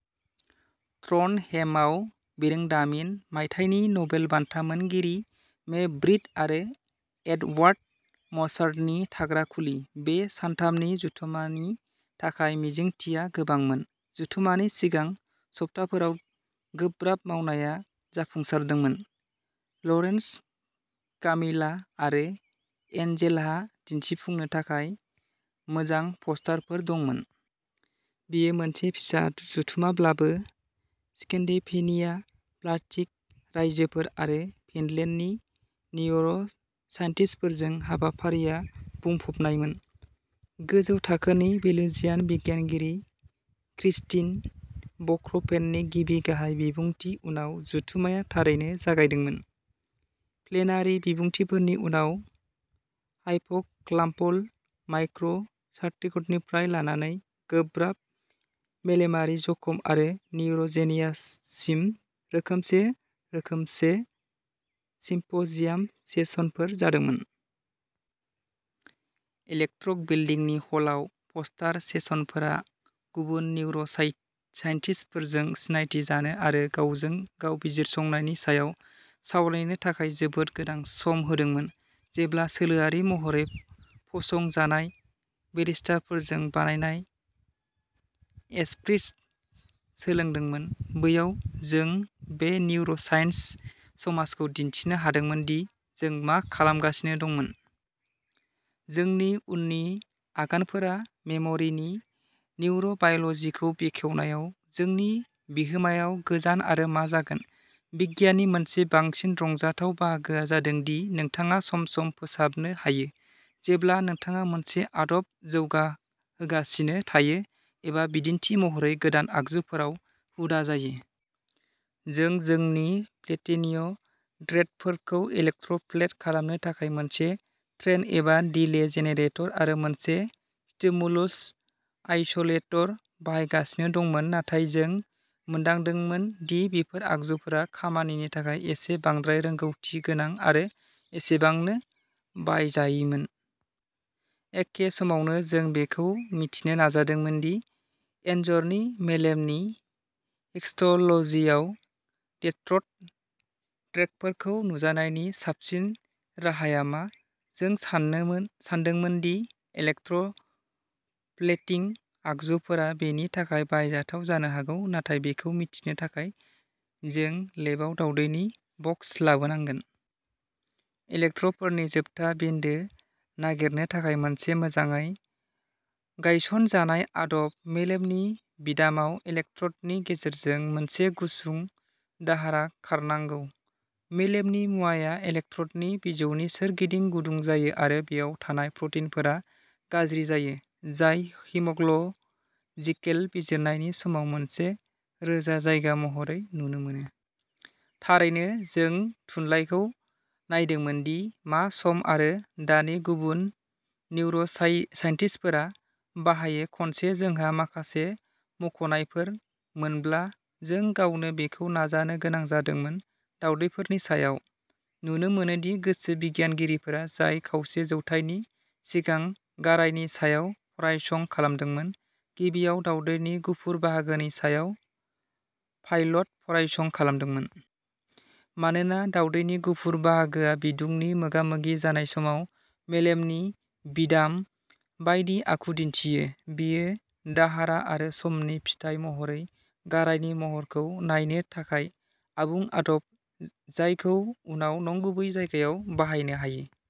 ट्रनडहेमआव बिरोंदामिन, मायथाइनि नबेल बान्था मोनगिरि मे ब्रिट आरो एडवार्ड मसारनि थाग्रा खुलि, बे सानथामनि जथुम्मानि थाखाय मिजिंथिया गोबांमोन। जथुम्मानि सिगां सप्ताहफोराव गोब्राब मावनाया जाफुंसारदोंमोन। लरेन्ज कामिला आरो एन्जेलहा दिन्थिफुंनो थाखाय मोजां पस्टारफोर दंमोन। बेयो मोनसे फिसा जथुम्माब्लाबो, स्केन्डिनेभिया, बाल्टिक रायजोफोर आरो फिनलेन्डनि निउर' साइन्टिस्टफोरजों, हाबाफारिआ बुंफबनायमोन। गोजौ थाखोनि बेल्जियान बिगियानगिरि क्रिस्टिन ब्र'कख'भेननि गिबि गाहाय बिबुंथिनि उनाव, जथुम्माया थारैनो जागायदोंमोन। प्लेनारि बिबुंथिफोरनि उनाव हायपकाम्पल माइक्र' सार्किटनिफ्राय लानानै गोब्राब मेलेमारि जखम आरो निउर'जेनेसिससिम रोखोमसे रोखोमसे सिम्प'जियाम सेसनफोर जादोंमोन। इलेक्ट्र' बिल्दिंनि हलआव पस्टार सेसनफोरा गुबुन निउर'साइन्टिस्टफोरजों सिनायथि जानो आरो गावजों-गाव बिजिरसंनायनि सायाव सावरायनो थाखाय जोबोद गोनां सम होदोंमोन, जेब्ला सोलोआरि महरै फसंजानाय बेरिस्टाफोरजों बानायनाय एस्प्रेस'लोंदोंमोन। बैयाव जों बे निउर'साइन्स समाजखौ दिन्थिनो हादोंमोन दि जों मा खालामगासिनो दंमोन। जोंनि उननि आगानफोरा मेमरिनि निउर'बाय'ल'जिखौ बेखेवनायाव जोंनि बिहोमायाव गोजान आरो मा जागोन। बिगियाननि मोनसे बांसिन रंजाथाव बाहागोआ जादों दि नोंथाङा सम-सम फोसाबनो हायो। जेब्ला नोंथाङा मोनसे आदब जौगाहोगासिनो थायो एबा बिदिन्थि महरै गोदान आगजुफोराव हुदा जायो। जों जोंनि प्लेटिनम टेट्र'डफोरखौ इलेक्ट्र'प्लेट खालामनो थाखाय मोनसे ट्रेन एबा डिले जेनेरेटर आरो मोनसे स्टिमुलस आइसोलेटर बाहायगासिनो दंमोन, नाथाय जों मोनदांदोंमोन दि बेफोर आगजुफोरा खामानिनि थाखाय एसे बांद्राय रोंग'थि गोनां आरो एसेबांनो बाहायजायैमोन। एखे समावनो जों बेखौ मिथिनो नाजादोंमोन दि एनजरनि मेलेमनि हिस्ट'ल'जियाव टेट्र'ड ट्रेकफोरखौ नुजानायनि साबसिन राहाया मा। जों सानदोंमोन दि इलेक्ट्र'प्लेटिं आगजुफोरा बेनि थाखाय बाहायजाथाव जानो हागौ, नाथाय बेखौ मिथिनो थाखाय, जों लेबआव दावदैनि बक्स लाबोनांगोन। इलेक्ट्र'डफोरनि जोबथा बिन्दो नागिरनो थाखाय मोनसे मोजाङै गायसनजानाय आदब। मेलेमनि बिदामाव, इलेक्ट्र'डनि गेजेरजों मोनसे गुसुं दाहारा खारनांगौ। मेलेमनि मुवाया इलेक्ट्र'डनि बिजौनि सोरगिदिं गुदुं जायो आरो बेयाव थानाय प्र'टिनफोरा गाज्रि जायो, जाय हिस्ट'ल'जिकेल बिजिरनायनि समाव मोनसे रोजा जायगा महरै नुनो मोनो। थारैनो जों थुनलाइखौ नायदोंमोन दि मा सम आरो दानि गुबुन निउर'साइन्टिस्टफोरा बाहायो। खनसे जोंहा माखासे मुंख'नायफोर मोनब्ला, जों गावनो बेखौ नाजानो गोनां जादोंमोन। दावदैफोरनि सायाव। नुनो मोनोदि गोसो बिगियानगिरिफोरा जाय खावसे जौथायनि सिगां गारायनि सायाव फरायसं खालामदोंमोन, गिबियाव दावदैनि गुफुर बाहागोनि सायाव पाइलट फरायसं खालामदोंमोन। मानोना दावदैनि गुफुर बाहागोआ बिदुंनि मोगामोगि जानाय समाव मेलेमनि बिदाम बायदि आखु दिन्थियो, बेयो दाहारा आरो समनि फिथाय महरै गारायनि महरखौ नायनो थाखाय आबुं आदब, जायखौ उनाव नंगुबै जायगायाव बाहायनो हायो।